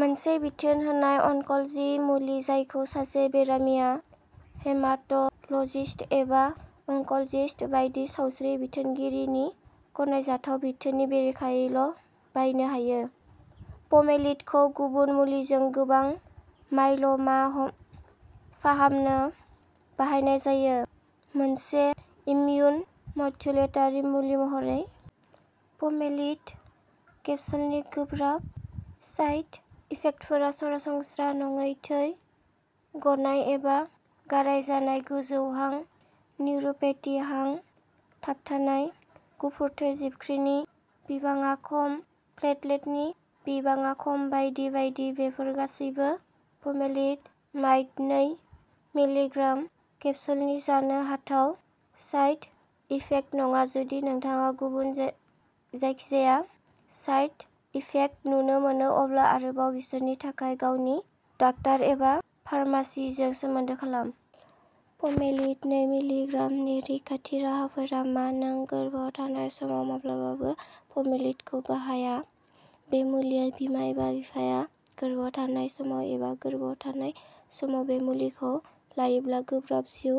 मोनसे बिथोन होनाय अनकोलजि मुलि जायखौ सासे बेरामिया हेमाट'लजिस्ट एबा अनकोलजिस्ट बायदि सावस्रि जोथोनगिरिनि गनायजाथाव बिथोननि बेरेखायैल'बायनो हायो। पमेलिड खौ गुबुन मुलिजों गोबां मायल मा फाहामनो बाहायनाय जायो। मोनसे इम्युन मड्युलेटरि मुलि महरै पमेलिड केप्सुलनि गोब्राब साइड इफेक्टफोर सरासनस्रा नङै थै गनाय एबा गाराय जानाय गोजौ हां निउर'पेथि हां थाबथानाय गुफुर थै जिबख्रिनि बिबाङा खम प्लेटलेटनि बिबाङा खम बायदि बायदि बेफोर गासैबो पमेलिड'माइड नै मिलि ग्राम केप्सुलनि जानो हाथाव साइड इफेक्ट नङा जुदि नोंथाङा गुबुन जाय जायखिजाया साइड इफेक्ट नुनो मोनो अब्ला आरोबाव बोसोननि थाखाय गावनि डाक्टार एबा फार्मासिस्टजों सोमोन्दो खालाम। पमेलिड नै मिलि ग्राम नि रैखाथि राहाफोरा मा नों गोरबोआव थानाय समाव माब्लाबाबो पमेलिडखौ बाहाया बे मुलिआ बिमा एबा बिफाया गोर्बोआव थानाय समाव एबा गोर्बोआव थानाय समाव बे मुलिखौ लायोब्ला गोब्राब जिउ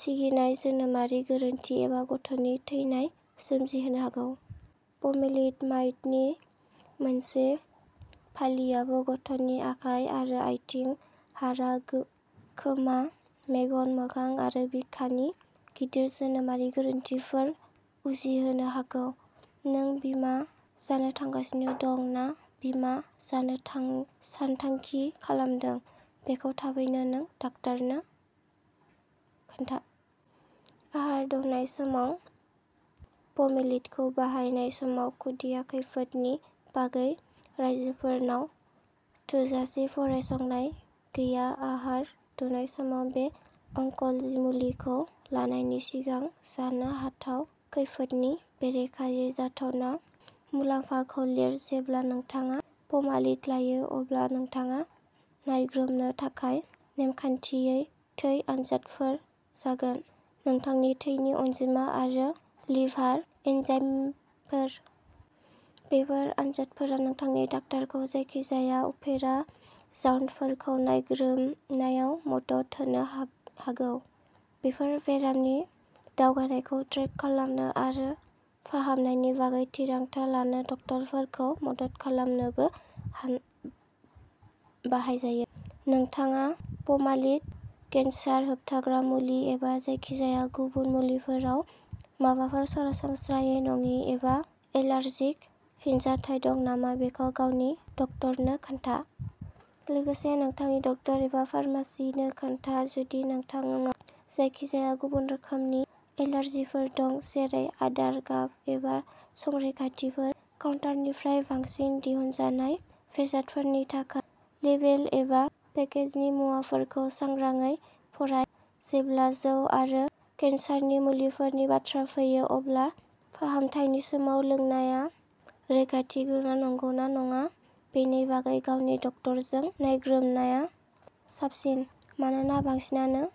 सिगिनाय जोनोमारि गोरोन्थि एबा गथ'नि थैनाय सोमजिहोनो हागौ। पमेलिड'माइडनि मोनसे फालिआबो गथ'नि आखाइ आरो आथिं हारा खोमा मेगन मोखां आरो बिखानि गिदिर जोनोमारि गोरोन्थिफोर सोमजिहोनो हागौ। नों बिमा जानो थांगासिनो दं ना बिमा जानो थां सानथांखि खालामदों बेखौ थाबैनो नोंनि डाक्टारनो खोन्था आहार दौनाय समाव पमेलिडखौ बाहायनाय समाव खुदिया खैफोदनि बागै आयजोफोरनाव थोजासे फरायसंनाय गैया आहार दौनाय समाव बे अनकोलजि मुलिखौ लानायनि सिगां जानो हाथाव खैफोदनि बेरेखायै जाथावना मुलाम्फाखौ लिर जेब्ला नोंथाङा पमालिड लायो, अब्ला नोंथाङा नायग्रोमनो थाखाय नेमखान्थियै थै आनजादफोर जागोनः नोंथांनि थैनि अनजिमा आरो लिभार एन्जाइमफोर। बेफोर आनजादफोरा नोंथांनि डाक्टारखौ जायखिजाया उफेरा जाउनफोरखौ नायग्रोमनायाव मदद होनो हाग हागौ। बेफोर बेरामनि दावगानायखौ ट्रेक खालामनो आरो फाहामनायनि बागै थिरांथा लानो डक्टरफोरखौ मदद खालामनोबो बाहाय जायो। नोंथांहा पमालिड केन्सार होबथाग्रा मुलि एबा जायखिजाया गुबुन मुलिफोराव माबाफोर सरासनस्रा नङै एबा एलार्जिक फिनजाथाय दं नामा बेखौ गावनि डक्टरनो खोन्था। लोगोसे नोंथांनि डक्टर एबा फार्मासिस्टनो खोन्था, जुदि नोंथांनाव जायखिजाया गुबुन रोखोमनि एलार्जिफोर दं, जेरै आदार, गाब एबा संरैखाथिफोर। काउन्टारनिफ्राय बांसिन दिहुनजानाय बेसादफोरनि थाखाय, लेबेल एबा पेकेजनि मुवाफोरखौ सांग्राङै फराय। जेब्ला जौ आरो केन्सारनि मुलिफोरनि बाथ्रा फैयो, अब्ला फाहामथायनि समाव लोंनाया रैखाथि गोनां नंगौना नङा बेनि बागै गावनि डक्टरजों नायग्रोमनाया साबसिन। मानोना, बांसिनानो